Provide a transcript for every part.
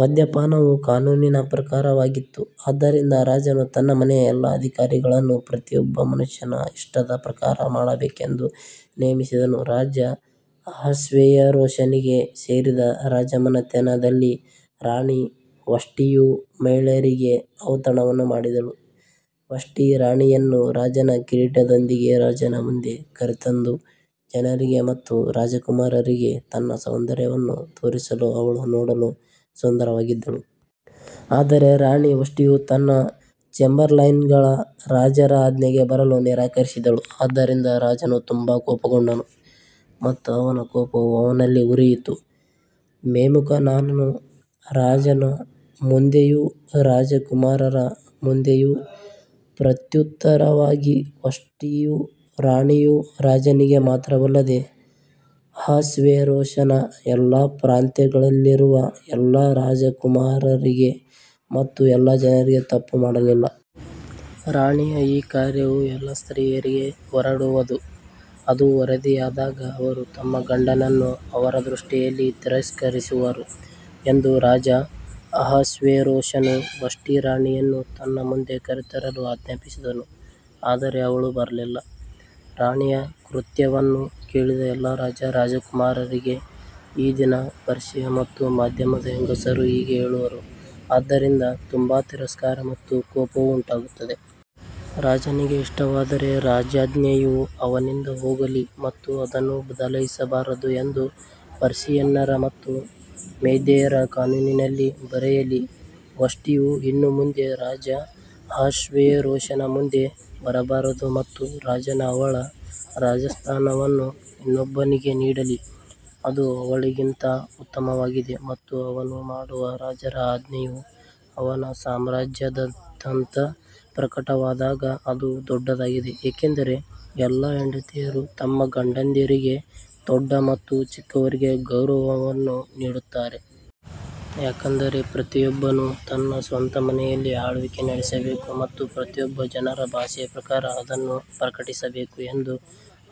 ಮದ್ಯಪಾನವು ಕಾನೂನಿನ ಪ್ರಕಾರವಾಗಿತ್ತು, ಆದ್ದರಿಂದ ರಾಜನು ತನ್ನ ಮನೆಯ ಎಲ್ಲಾ ಅಧಿಕಾರಿಗಳನ್ನು ಪ್ರತಿಯೊಬ್ಬ ಮನುಷ್ಯನ ಇಷ್ಟದ ಪ್ರಕಾರ ಮಾಡಬೇಕೆಂದು ನೇಮಿಸಿದನು. ರಾಜ ಅಹಷ್ವೇರೋಷನಿಗೆ ಸೇರಿದ ರಾಜಮನೆತನದಲ್ಲಿ ರಾಣಿ ವಷ್ಟಿಯು ಮಹಿಳೆಯರಿಗೆ ಔತಣವನ್ನು ಮಾಡಿದಳು. ವಷ್ಟಿ ರಾಣಿಯನ್ನು ರಾಜನ ಕಿರೀಟದೊಂದಿಗೆ ರಾಜನ ಮುಂದೆ ಕರೆತಂದು ಜನರಿಗೆ ಮತ್ತು ರಾಜಕುಮಾರರಿಗೆ ತನ್ನ ಸೌಂದರ್ಯವನ್ನು ತೋರಿಸಲು ಅವಳು ನೋಡಲು ಸುಂದರವಾಗಿದ್ದಳು. ಆದರೆ ರಾಣಿ ವಷ್ಟಿಯು ತನ್ನ ಚೇಂಬರ್ಲೈನ್ಗಳ ರಾಜರ ಆಜ್ಞೆಗೆ ಬರಲು ನಿರಾಕರಿಸಿದಳು, ಆದ್ದರಿಂದ ರಾಜನು ತುಂಬಾ ಕೋಪಗೊಂಡನು ಮತ್ತು ಅವನ ಕೋಪವು ಅವನಲ್ಲಿ ಉರಿಯಿತು. ಮೆಮುಕಾನನು ರಾಜನ ಮುಂದೆಯೂ ರಾಜಕುಮಾರರ ಮುಂದೆಯೂ ಪ್ರತ್ಯುತ್ತರವಾಗಿ ವಷ್ಟಿಯು ರಾಣಿಯು ರಾಜನಿಗೆ ಮಾತ್ರವಲ್ಲದೆ ಅಹಷ್ವೇರೋಷನ ಎಲ್ಲಾ ಪ್ರಾಂತ್ಯಗಳಲ್ಲಿರುವ ಎಲ್ಲಾ ರಾಜಕುಮಾರರಿಗೆ ಮತ್ತು ಎಲ್ಲಾ ಜನರಿಗೆ ತಪ್ಪು ಮಾಡಲಿಲ್ಲ. ರಾಣಿಯ ಈ ಕಾರ್ಯವು ಎಲ್ಲಾ ಸ್ತ್ರೀಯರಿಗೆ ಹೊರಡುವದು, ಅದು ವರದಿಯಾದಾಗ ಅವರು ತಮ್ಮ ಗಂಡನನ್ನು ಅವರ ದೃಷ್ಟಿಯಲ್ಲಿ ತಿರಸ್ಕರಿಸುವರು ಎಂದು ರಾಜ ಅಹಷ್ವೇರೋಷನು ವಷ್ಟಿ ರಾಣಿಯನ್ನು ತನ್ನ ಮುಂದೆ ಕರೆತರಲು ಆಜ್ಞಾಪಿಸಿದನು ಆದರೆ ಅವಳು ಬರಲಿಲ್ಲ. ರಾಣಿಯ ಕೃತ್ಯವನ್ನು ಕೇಳಿದ ಎಲ್ಲಾ ರಾಜ ರಾಜಕುಮಾರರಿಗೆ ಈ ದಿನ ಪರ್ಷಿಯಾ ಮತ್ತು ಮಾಧ್ಯಮದ ಹೆಂಗಸರು ಹೀಗೆ ಹೇಳುವರು, ಆದ್ದರಿಂದ ತುಂಬಾ ತಿರಸ್ಕಾರ ಮತ್ತು ಕೋಪವು ಉಂಟಾಗುತ್ತದೆ. ರಾಜನಿಗೆ ಇಷ್ಟವಾದರೆ ರಾಜಾಜ್ಞೆಯು ಅವನಿಂದ ಹೋಗಲಿ ಮತ್ತು ಅದನ್ನು ಬದಲಾಯಿಸಬಾರದು ಎಂದು ಪರ್ಷಿಯನ್ನರ ಮತ್ತು ಮೇದ್ಯರ ಕಾನೂನಿನಲ್ಲಿ ಬರೆಯಲಿ, ವಷ್ಟಿಯು ಇನ್ನು ಮುಂದೆ ರಾಜ ಅಹಷ್ವೇರೋಷನ ಮುಂದೆ ಬರಬಾರದು ಮತ್ತು ರಾಜನು ಅವಳ ರಾಜಸ್ಥಾನವನ್ನು ಇನ್ನೊಬ್ಬನಿಗೆ ನೀಡಲಿ. ಅದು ಅವಳಿಗಿಂತ ಉತ್ತಮವಾಗಿದೆ ಮತ್ತು ಅವನು ಮಾಡುವ ರಾಜರ ಆಜ್ಞೆಯು ಅವನ ಸಾಮ್ರಾಜ್ಯದಾದ್ಯಂತ ಪ್ರಕಟವಾದಾಗ ಅದು ದೊಡ್ಡದಾಗಿದೆ, ಏಕೆಂದರೆ ಎಲ್ಲಾ ಹೆಂಡತಿಯರು ತಮ್ಮ ಗಂಡಂದಿರಿಗೆ ದೊಡ್ಡ ಮತ್ತು ಚಿಕ್ಕವರಿಗೆ ಗೌರವವನ್ನು ನೀಡುತ್ತಾರೆ. ಯಾಕಂದರೆ ಪ್ರತಿಯೊಬ್ಬನು ತನ್ನ ಸ್ವಂತ ಮನೆಯಲ್ಲಿ ಆಳ್ವಿಕೆ ನಡೆಸಬೇಕು ಮತ್ತು ಪ್ರತಿಯೊಬ್ಬ ಜನರ ಭಾಷೆಯ ಪ್ರಕಾರ ಅದನ್ನು ಪ್ರಕಟಿಸಬೇಕು ಎಂದು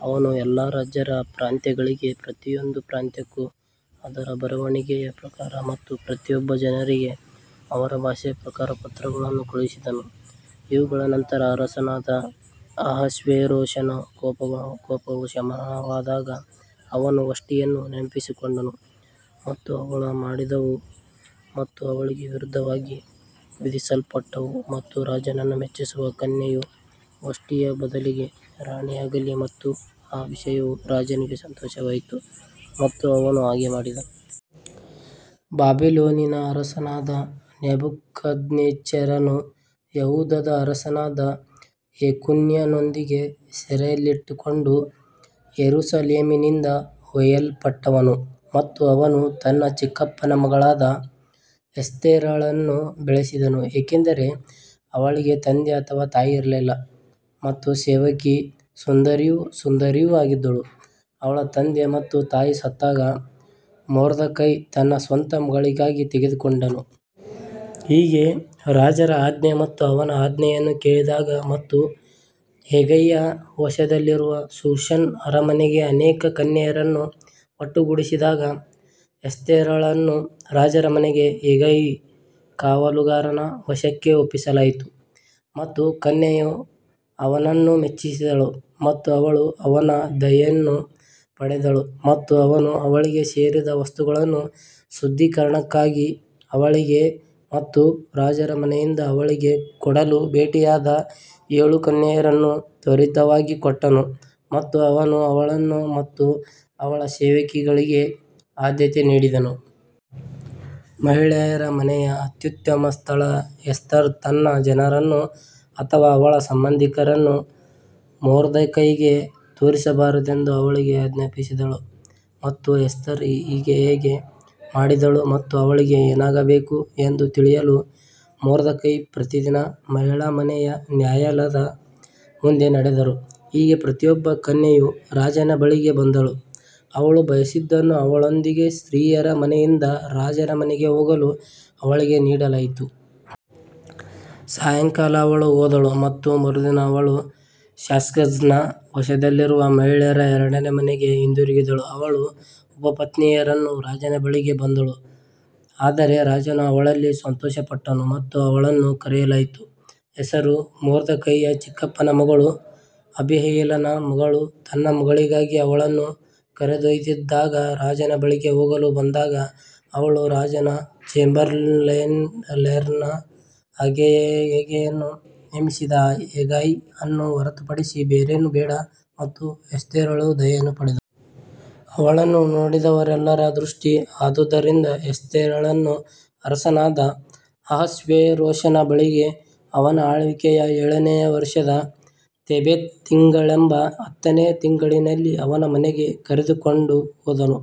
ಅವನು ಎಲ್ಲಾ ರಾಜರ ಪ್ರಾಂತ್ಯಗಳಿಗೆ ಪ್ರತಿಯೊಂದು ಪ್ರಾಂತ್ಯಕ್ಕೂ ಅದರ ಬರವಣಿಗೆಯ ಪ್ರಕಾರ ಮತ್ತು ಪ್ರತಿಯೊಬ್ಬ ಜನರಿಗೆ ಅವರ ಭಾಷೆಯ ಪ್ರಕಾರ ಪತ್ರಗಳನ್ನು ಕಳುಹಿಸಿದನು. ಇವುಗಳ ನಂತರ ಅರಸನಾದ ಅಹಷ್ವೇರೋಷನ ಕೋಪವು ಶಮನವಾದಾಗ ಅವನು ವಷ್ಟಿಯನ್ನು ನೆನಪಿಸಿಕೊಂಡನು ಮತ್ತು ಅವಳು ಮಾಡಿದವು ಮತ್ತು ಅವಳಿಗೆ ವಿರುದ್ಧವಾಗಿ ವಿಧಿಸಲ್ಪಟ್ಟವು ಮತ್ತು ರಾಜನನ್ನು ಮೆಚ್ಚಿಸುವ ಕನ್ಯೆಯು ವಷ್ಟಿಯ ಬದಲಿಗೆ ರಾಣಿಯಾಗಲಿ ಮತ್ತು ಆ ವಿಷಯವು ರಾಜನಿಗೆ ಸಂತೋಷವಾಯಿತು ಮತ್ತು ಅವನು ಹಾಗೆ ಮಾಡಿದನು. ಬಾಬಿಲೋನಿನ ಅರಸನಾದ ನೆಬೂಕದ್ನೆಚ್ಚರನು ಯೆಹೂದದ ಅರಸನಾದ ಯೆಕೊನ್ಯನೊಂದಿಗೆ ಸೆರೆಯಲ್ಲಿಟ್ಟುಕೊಂಡು ಯೆರೂಸಲೇಮಿನಿಂದ ಒಯ್ಯಲ್ಪಟ್ಟವನು ಮತ್ತು ಅವನು ತನ್ನ ಚಿಕ್ಕಪ್ಪನ ಮಗಳಾದ ಎಸ್ತೇರಳನ್ನು ಬೆಳೆಸಿದನು, ಏಕೆಂದರೆ ಅವಳಿಗೆ ತಂದೆ ಅಥವಾ ತಾಯಿ ಇರಲಿಲ್ಲ ಮತ್ತು ಸೇವಕಿ ಸುಂದರಿಯೂ ಸುಂದರಿಯೂ ಆಗಿದ್ದಳು, ಅವಳ ತಂದೆ ಮತ್ತು ತಾಯಿ ಸತ್ತಾಗ ಮೊರ್ದೆಕೈ ತನ್ನ ಸ್ವಂತ ಮಗಳಿಗಾಗಿ ತೆಗೆದುಕೊಂಡನು. ಹೀಗೆ ರಾಜರ ಆಜ್ಞೆ ಮತ್ತು ಅವನ ಆಜ್ಞೆಯನ್ನು ಕೇಳಿದಾಗ ಮತ್ತು ಹೆಗೈಯ ವಶದಲ್ಲಿರುವ ಶೂಷನ್ ಅರಮನೆಗೆ ಅನೇಕ ಕನ್ಯೆಯರನ್ನು ಒಟ್ಟುಗೂಡಿಸಿದಾಗ ಎಸ್ತೇರಳನ್ನೂ ರಾಜರ ಮನೆಗೆ ಹೆಗಾಯಿ ಕಾವಲುಗಾರನ ವಶಕ್ಕೆ ಒಪ್ಪಿಸಲಾಯಿತು. ಮತ್ತು ಕನ್ಯೆಯು ಅವನನ್ನು ಮೆಚ್ಚಿಸಿದಳು ಮತ್ತು ಅವಳು ಅವನ ದಯೆಯನ್ನು ಪಡೆದಳು ಮತ್ತು ಅವನು ಅವಳಿಗೆ ಸೇರಿದ ವಸ್ತುಗಳನ್ನು ಶುದ್ಧೀಕರಣಕ್ಕಾಗಿ ಅವಳಿಗೆ ಮತ್ತು ರಾಜರ ಮನೆಯಿಂದ ಅವಳಿಗೆ ಕೊಡಲು ಭೇಟಿಯಾದ ಏಳು ಕನ್ಯೆಯರನ್ನು ತ್ವರಿತವಾಗಿ ಕೊಟ್ಟನು ಮತ್ತು ಅವನು ಅವಳನ್ನು ಮತ್ತು ಅವಳ ಸೇವಕಿಗಳಿಗೆ ಆದ್ಯತೆ ನೀಡಿದನು. ಮಹಿಳೆಯರ ಮನೆಯ ಅತ್ಯುತ್ತಮ ಸ್ಥಳ ಎಸ್ತರ್ ತನ್ನ ಜನರನ್ನು ಅಥವಾ ಅವಳ ಸಂಬಂಧಿಕರನ್ನು ಮೊರ್ದೆಕೈಗೆ ತೋರಿಸಬಾರದೆಂದು ಅವಳಿಗೆ ಆಜ್ಞಾಪಿಸಿದಳು. ಮತ್ತು ಎಸ್ತರ್ ಹೇಗೆ ಮಾಡಿದಳು ಮತ್ತು ಅವಳಿಗೆ ಏನಾಗಬೇಕು ಎಂದು ತಿಳಿಯಲು ಮೊರ್ದೆಕೈ ಪ್ರತಿದಿನ ಮಹಿಳಾ ಮನೆಯ ನ್ಯಾಯಾಲಯದ ಮುಂದೆ ನಡೆದರು. ಹೀಗೆ ಪ್ರತಿಯೊಬ್ಬ ಕನ್ಯೆಯು ರಾಜನ ಬಳಿಗೆ ಬಂದಳು, ಅವಳು ಬಯಸಿದ್ದನ್ನು ಅವಳೊಂದಿಗೆ ಸ್ತ್ರೀಯರ ಮನೆಯಿಂದ ರಾಜರ ಮನೆಗೆ ಹೋಗಲು ಅವಳಿಗೆ ನೀಡಲಾಯಿತು. ಸಾಯಂಕಾಲ ಅವಳು ಹೋದಳು ಮತ್ತು ಮರುದಿನ ಅವಳು ಶಾಶ್ಗಜ್ನ ವಶದಲ್ಲಿರುವ ಮಹಿಳೆಯರ ಎರಡನೇ ಮನೆಗೆ ಹಿಂದಿರುಗಿದಳು, ಅವಳು ಉಪಪತ್ನಿಯರನ್ನು ರಾಜನ ಬಳಿಗೆ ಬಂದಳು, ಆದರೆ ರಾಜನು ಅವಳಲ್ಲಿ ಸಂತೋಷಪಟ್ಟನು ಮತ್ತು ಅವಳನ್ನು ಕರೆಯಲಾಯಿತು. ಹೆಸರು ಮೊರ್ದೆಕೈಯ ಚಿಕ್ಕಪ್ಪನ ಮಗಳು ಅಬೀಹೈಲನ ಮಗಳು ತನ್ನ ಮಗಳಿಗಾಗಿ ಅವಳನ್ನು ಕರೆದೊಯ್ದಿದ್ದಾಗ ರಾಜನ ಬಳಿಗೆ ಹೋಗಲು ಬಂದಾಗ ಅವಳು ರಾಜನ ಚೇಂಬರ್ಲೇನ್ ಹೆಗೈಯನ್ನು ನೇಮಿಸಿದ ಹೆಗಾಯ್ ಅನ್ನು ಹೊರತುಪಡಿಸಿ ಬೇರೇನೂ ಬೇಡ ಮತ್ತು ಎಸ್ತೇರಳು ದಯೆಯನ್ನು ಪಡೆದರು. ಅವಳನ್ನು ನೋಡಿದವರೆಲ್ಲರ ದೃಷ್ಟಿ ಆದುದರಿಂದ ಎಸ್ತೇರಳನ್ನು ಅರಸನಾದ ಅಹಷ್ವೇರೋಷನ ಬಳಿಗೆ ಅವನ ಆಳ್ವಿಕೆಯ ಏಳನೆಯ ವರುಷದ ತೇಬೆತ್ ತಿಂಗಳೆಂಬ ಹತ್ತನೆಯ ತಿಂಗಳಿನಲ್ಲಿ ಅವನ ಮನೆಗೆ ಕರೆದುಕೊಂಡು ಹೋದನು.